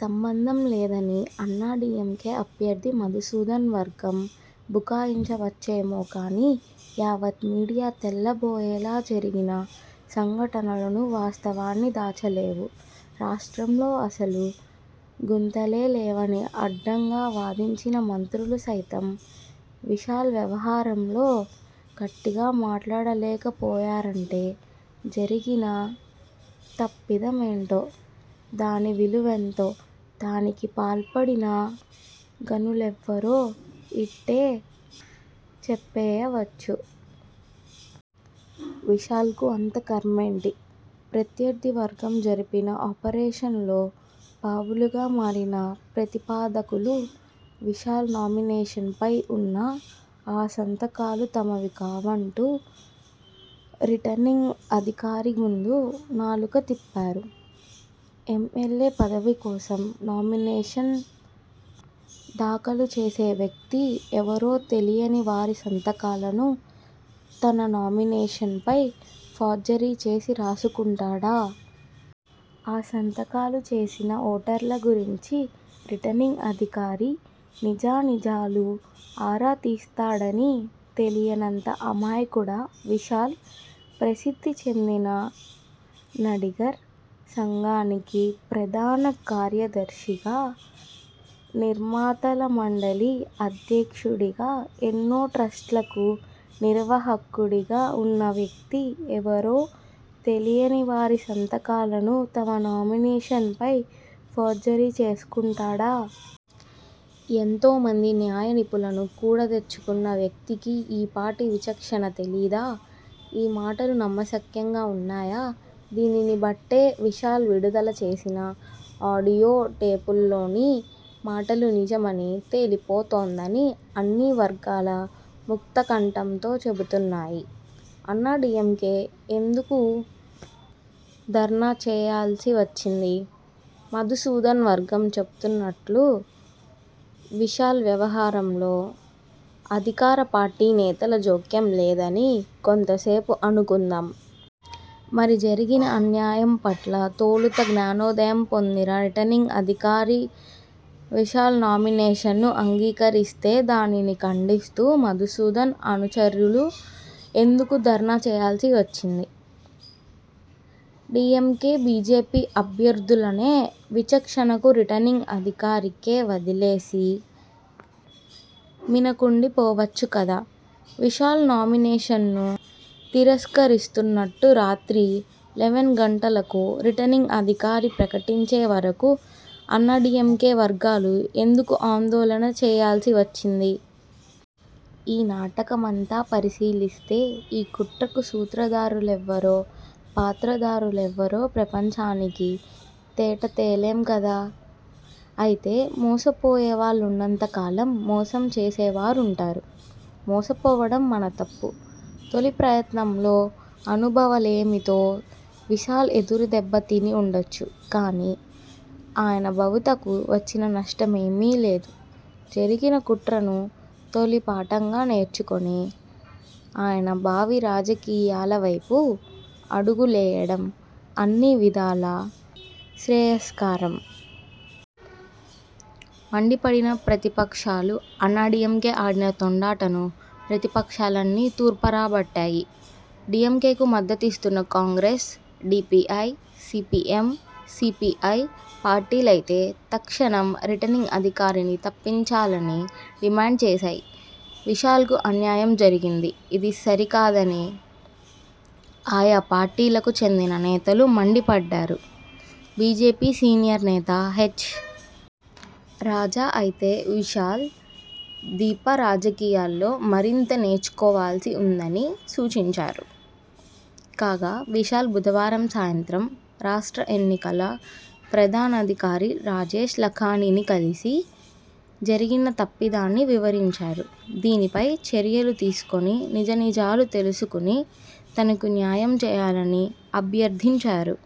సంబంధం లేదని అన్నాడీఎంకే అభ్యర్థి మధుసూదన్ వర్గం బుకాయించవచ్చేమో కానీ యావత్ మీడియా తెల్లబోయేలా జరిగిన సంఘటనలు వాస్తవాన్ని దాచలేవు. రాష్ట్రంలో అసలు గుంతలే లేవని అడ్డంగా వాదించిన మంత్రులు సైతం.. విశాల్ వ్యవహారంలో గట్టిగా మాట్లాడలేకపోయారంటే.. జరిగిన తప్పిదమేంటో? దాని 'విలువెంతో'? దానికి పాల్పడిన ఘనులెవ్వరో ఇట్టే చెప్పయ్యవచ్చు. విశాల్కు అంత ఖర్మేంటి? ప్రత్యర్థి వర్గం జరిపిన 'ఆపరేషన్'లో పావులుగా మారిన 'ప్రతిపాదకులు'.. విశాల్ నామినేషన్పై వున్న ఆ సంతకాలు తమవి కావంటూ రిటర్నింగ్ అధికారి ముందు నాలుక తిప్పారు. ఎమ్మెల్యే పదవి కోసం నామినేషన్ దాఖలు చేసే వ్యక్తి ఎవరో తెలియని వారి సంతకాలను తన నామినేషన్పై ఫోర్జరీ చేసి రాసుకుంటాడా? ఆ సంతకాలు చేసిన ఓటర్ల గురించి రిటర్నింగ్ అధికారి నిజానిజాలు ఆరా తీస్తాడని తెలియనంత అమాయకుడా విశాల్? ప్రసిద్ధి చెందిన నడిగర్ సంఘానికి ప్రధాన కార్యదర్శిగా, నిర్మాతల మండలి అధ్యక్షుడిగా, ఎన్నో ట్రస్టులకు నిర్వాహకుడిగా వున్న వ్యక్తి.. ఎవరో తెలియనివారి సంతకాలను తన నామినేషన్పై ఫోర్జరీ చేసుకుంటాడా? ఎంతోమంది న్యాయనిపుణులను కూడాతెచ్చుకున్న వ్యక్తికి ఈ పాటి విచక్షణ తెలియదా? ఈ మాటలు నమ్మశక్యంగా వున్నాయా?.. దీనిని బట్టే విశాల్ విడుదల చేసిన ఆడియో టేపుల్లోని మాటలు నిజమని తేలిపోతోందని అన్ని వర్గాలు ముక్తకంఠంతో చెబుతున్నాయి. అన్నాడీఎంకే ఎందుకు ధర్నా చేయాల్సి వచ్చింది? మధుసూదన్ వర్గం చెబుతున్నట్టు విశాల్ వ్యవహారంలో అధికార పార్టీ నేతల జోక్యం లేదని కొంతసేపు అనుకుందాం!. మరి జరిగిన అన్యాయం పట్ల తొలుత జ్ఞానోదయం పొందిన రిటర్నింగ్ అధికారి విశాల్ నామినేషన్ను అంగీకరిస్తే.. దానిని ఖండిస్తూ మధుసూదన్ అనుచరులు ఎందుకు ధర్నా చేయాల్సి వచ్చింది? డీఎంకే, బీజేపీ అభ్యర్థుల్లానే విచక్షణను రిటర్నింగ్ అధికారికే వదిలేసి మిన్నకుండిపోవచ్చు కదా! విశాల్ నామినేషన్ను తిరస్కరిస్తున్నట్టు రాత్రి ఎల్వాన్ గంటలకు రిటర్నింగ్ అధికారి ప్రకటించే వరకూ అన్నాడీఎంకే వర్గాలు ఎందుకు ఆందోళన చేయాల్సి వచ్చింది? ఈ నాటకమంతా పరిశీలిస్తే ఈ కుట్రకు సూత్రధారులెవరో, పాత్రధారులెవరో ప్రపంచానికి తేటతెల్లం కాదా?.. అయితే మోసపోయేవాళ్లున్నంత కాలం మోసం చేసేవారుంటారు. మోసపోవడం మన తప్పు. తొలిప్రయత్నంలో అనుభవలేమితో విశాల్ ఎదురుదెబ్బ తిని వుండొచ్చు గానీ ఆయన భవితకు వచ్చిన నష్టమేమీ లేదు. జరిగిన కుట్రను 'తొలిపాఠం'గా నేర్చుకుని ఆయన భావి రాజకీయాలవైపు అడుగులేయడం అన్ని విధాలా శ్రేయస్కరం. మండిపడిన ప్రతిపక్షాలుఅన్నాడీఎంకే ఆడిన తొండాటను ప్రతిపక్షాలన్నీ తూర్పారబట్టాయి. డీఎంకేకు మద్దతు ఇస్తున్న కాంగ్రెస్, డీపీఐ, సీపీఎం, సీపీఐ పార్టీలైతే తక్షణం రిటర్నింగ్ అధికారిని తప్పించాలని డిమాండ్ చేశాయి. విశాల్కు అన్యాయం జరిగిందని, ఇది సరి కాదని ఆయా పార్టీలకు చెందిన నేతలు మండిపడ్డారు. బీజేపీ సీనియర్ నేత హెచ్. రాజా అయితే విశాల్, దీప రాజకీయాల్లో మరింత నేర్చుకోవాల్సి వుందని సూచించారు. కాగా విశాల్ బుధవారం సాయంత్రం రాష్ట్ర ఎన్నికల ప్రధానాధికారి రాజేష్ లఖానీని కలిసి జరిగిన తప్పిదాన్ని వివరించారు. దీనిపై చర్యలు తీసుకుని నిజానిజాలు తెలుసుకుని తనకు న్యాయం చేయాలని అభ్యర్థించారు.